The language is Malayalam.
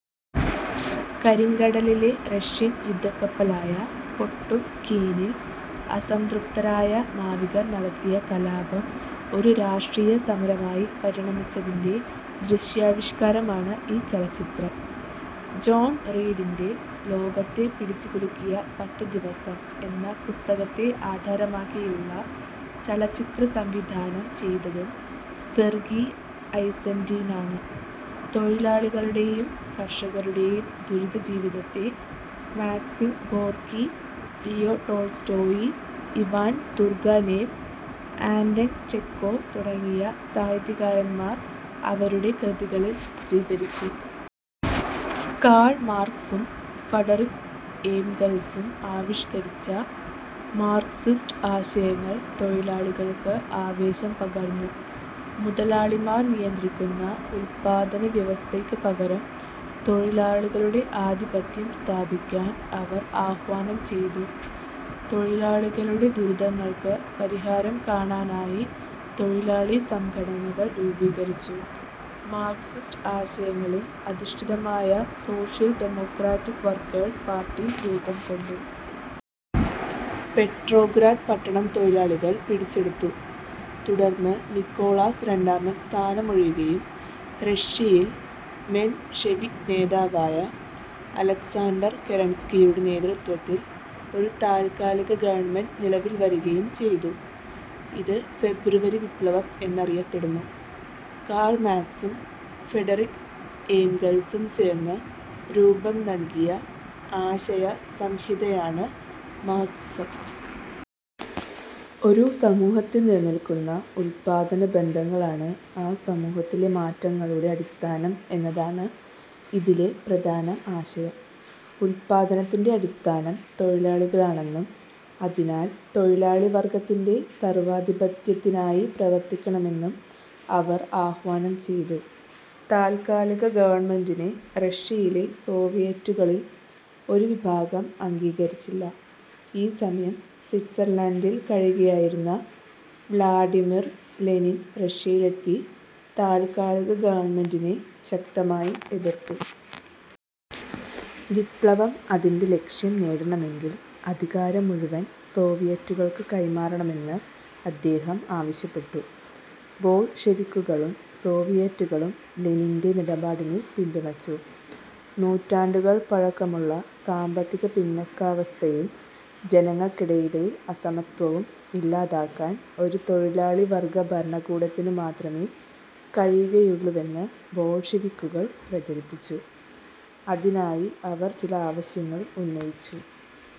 കരിങ്കടലിലെ റഷ്യൻ യുദ്ധക്കപ്പലായ പൊട്ടും കീനിൽ അസംതൃപ്തരായ നാവികർ നടത്തിയ കലാപം ഒരു രാഷ്ട്രീയസമരമായി പരിണമിച്ചതിന്റെ ദൃശ്യാവിഷ്കാരമാണ് ഈ ചലച്ചിത്രം. ജോൺ റീഡിന്റെ "ലോകത്തെ പിടിച്ചുകുലുക്കിയ പത്തു ദിവസം' എന്ന പുസ്തകത്തെ ആധാരമാക്കിയുള്ള ചലചിത്രം സംവിധാനം ചെയ്തതും സെർഗി ഐസൻസ്റ്റീനാണ്. തൊഴിലാളികളുടെയും കർഷകരുടെയും ദുരിതജീവിതത്തെ Maxim Gorky, Leo Tolstoy, Ivan Turgenev, Anton Chekhov തുടങ്ങിയ സാഹിത്യകാരന്മാർ അവരുടെ കൃതികളിൽ ചിത്രീകരിച്ചു. കാൾ മാർക്സും ഫഡറിക് ഏംഗൽസും ആവിഷ്കരിച്ച മാർക്സിസ്റ്റ് ആശയങ്ങൾ തൊഴിലാളികൾക്ക് ആവേശം പകർന്നു. മുതലാളിമാർ നിയന്ത്രിക്കുന്ന ഉൽപ്പാദനവ്യവസ്ഥയ്ക്ക് പകരം തൊഴിലാളികളുടെ ആധിപത്യം സ്ഥാപിക്കാൻ അവർ ആഹ്വാനം ചെയ്തു. തൊഴിലാളികളുടെ ദുരിതങ്ങൾക്ക് പരിഹാരം കാണാനായി തൊഴിലാളിസംഘടനകൾ രൂപീകരിച്ചു. മാർക്സിസ്റ്റ് ആശയങ്ങളിൽ അധിഷ്ഠിതമായ സോഷ്യൽ ഡെമോക്രാറ്റിക് വർക്കേഴ്സ് പാർട്ടി രൂപംകൊണ്ടു. പെട്രോഗ്രാഡ് പട്ടണം തൊഴിലാളികൾ പിടിച്ചെടുത്തു. തുടർന്ന് നിക്കോളാസ് രണ്ടാമൻ സ്ഥാനമൊഴിയുകയും റഷ്യയിൽ മെൻഷെവിക് നേതാവായ അലക്സാണ്ടർ കെരൻസ്കിയുടെ നേതൃത്വത്തിൽ ഒരു താൽക്കാലിക ഗവൺമെന്റ് നിലവിൽ വരുകയും ചെയ്തു. ഇത് ഫെബ്രുവരി വിപ്ലവം എന്നറിയപ്പെടുന്നു. കാൾ മാക്സും ഫ്രഡറിക് ഏംഗൽസും ചേർന്ന് രൂപം നൽകിയ ആശയ സംഹിതയാണ് മാർക്സിസം. ഒരു സമുഹത്തിൽ നിലനിൽക്കുന്ന ഉൽപ്പാദനബന്ധങ്ങളാണ് ആ സമൂഹത്തിലെ മാറ്റങ്ങളുടെ അടിസ്ഥാനം എന്നതാണ് ഇതിലെ പ്രധാന ആശയം. ഉൽപാദനത്തിന്റെ അടിസ്ഥാനം തൊഴിലാളികളാണെന്നും അതിനാൽ തൊഴിലാളിവർഗത്തിന്റെ സർവാധിപത്യത്തിനായി പ്രവർത്തിക്കണമെന്നും അവർ ആഹ്വാനം ചെയ്തു. താൽക്കാലിക ഗവൺമെന്റിനെ റഷ്യയിലെ സോവിയറ്റുകളിൽ ഒരു വിഭാഗം അംഗീകരിച്ചില്ല. ഈ സമയം സ്വിറ്റ്സർലൻഡിൽ കഴിയുകയായിരുന്ന വ്ളാഡിമിർ ലെനിൻ റഷ്യയിലെത്തി താൽക്കാലിക ഗവൺമെന്റിനെ ശക്തമായി എതിർത്തു. വിപ്ലവം അതിന്റെ ലക്ഷ്യം നേടണമെങ്കിൽ അധികാരം മുഴുവൻ സോവിയറ്റുകൾക്ക് കൈമാറണമെന്ന് അദ്ദേഹം ആവശ്യപ്പെട്ടു. ബോൾഷെവിക്കുകളും സോവിയറ്റുകളും ലെനിന്റെ നിലപാടിനെ പിന്തുണച്ചു. നൂറ്റാണ്ടുകൾ പഴക്കമുള്ള സാമ്പത്തിക പിന്നാക്കാവസ്ഥയും ജനങ്ങൾക്കിടയിലെ അസമത്വവും ഇല്ലാതാക്കാൻ ഒരു തൊഴിലാളി വർഗ ഭരണകൂടത്തിനുമാത്രമേ കഴിയുകയുള്ളൂവെന്ന് ബോൾഷെവിക്കുകൾ പ്രചരിപ്പിച്ചു. അതിനായി അവർ ചില ആവശ്യങ്ങൾ ഉന്നയിച്ചു.